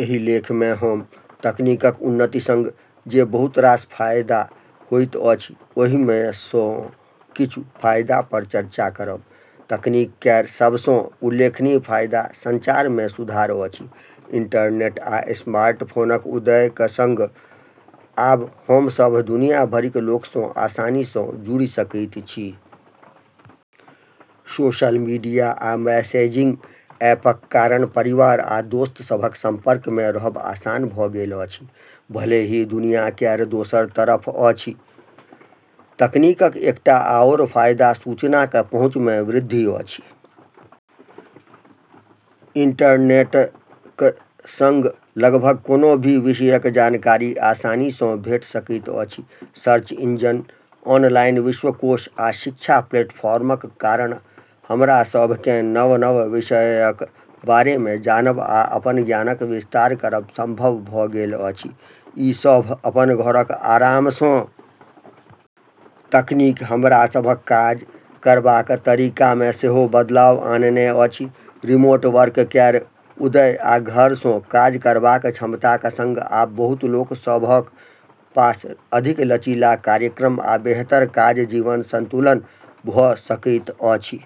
एहि लेख मे हम तकनीकक उन्नतिक सँग जे बहुत रास फायदा होइत अछि ओहि मे सँ किछ फायदा पर चर्चा करब। तकनीक केर सब सँ उल्लेखनीय फायदा संचार मे सुधार अछि। इंटरनेट आ स्मार्टफोनक उदयक सँग आब हम सभ दुनिया भरिक लोक सँ आसानी सँ जुड़ि सकैत छी। सोशल मीडिया आ मैसेजिंग ऐपक कारण परिवार आ दोस्त सभक संपर्क मे रहब आसान भऽ गेल अछि, भले ही ओ दुनिया केर दोसर तरफ रहथि। तकनीकक एकटा आओर फायदा सूचनाक पहुँच मे वृद्धि अछि। इंटरनेटक सँग लगभग कोनो भी विषयक जानकारी आसानी सँ भेट सकैत अछि। सर्च इंजन, ऑनलाइन विश्वकोश, आ शिक्षा प्लेटफॉर्मक कारण हमरा सभ केँ नव-नव विषयक बारे मे जानब आ अपन ज्ञानक विस्तार करब संभव भऽ गेल अछि, ई सभ अपन घरक आराम सँ। तकनीक हमरा सभक काज करबाक तरीका मे सेहो बदलाव आनने अछि। रिमोट वर्क केर उदय आ घर सँ काज करबाक क्षमताक सँग आब बहुत लोक सभक पास अधिक लचीला कार्यक्रम आ बेहतर काज-जीवन संतुलन भऽ सकैत अछि।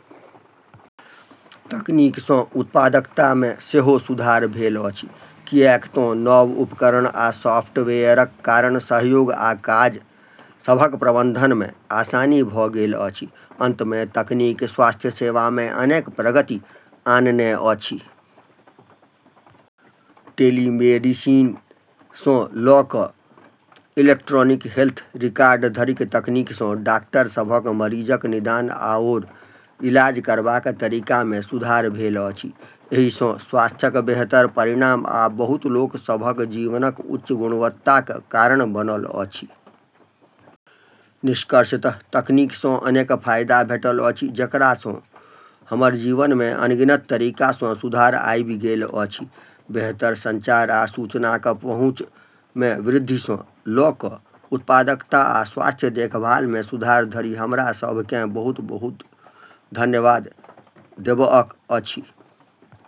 तकनीक सँ उत्पादकता मे सेहो सुधार भेल अछि, किएक तँ नव उपकरण आ सॉफ्टवेयरक कारण सहयोग आ काज सभक प्रबंधन मे आसानी भऽ गेल अछि। अंत मे, तकनीक स्वास्थ्य सेवा मे अनेक प्रगति आनने अछि। टेलीमेडिसिन सँ लऽ कऽ इलेक्ट्रॉनिक हेल्थ रिकॉर्ड धरिक तकनीक सँ डॉक्टर सभक मरीजक निदान आओर इलाज करबाक तरीका मे सुधार भेल अछि। एहि सँ स्वास्थ्यक बेहतर परिणाम आ बहुत लोक सभक जीवनक उच्च गुणवत्ताक कारण बनल अछि। निष्कर्षतः तकनीक सँ अनेक फायदा भेटल अछि जेकरा सँ हमर जीवन मे अनगिनत तरीका सँ सुधार आइब गेल अछि। बेहतर संचार आ सूचनाक पहुँच मे वृद्धि सँ लऽ कऽ उत्पादकता आ स्वास्थ्य देखभाल मे सुधार धरि, हमरा सभ केँ बहुत-बहुत धन्यवाद देबअक अछि।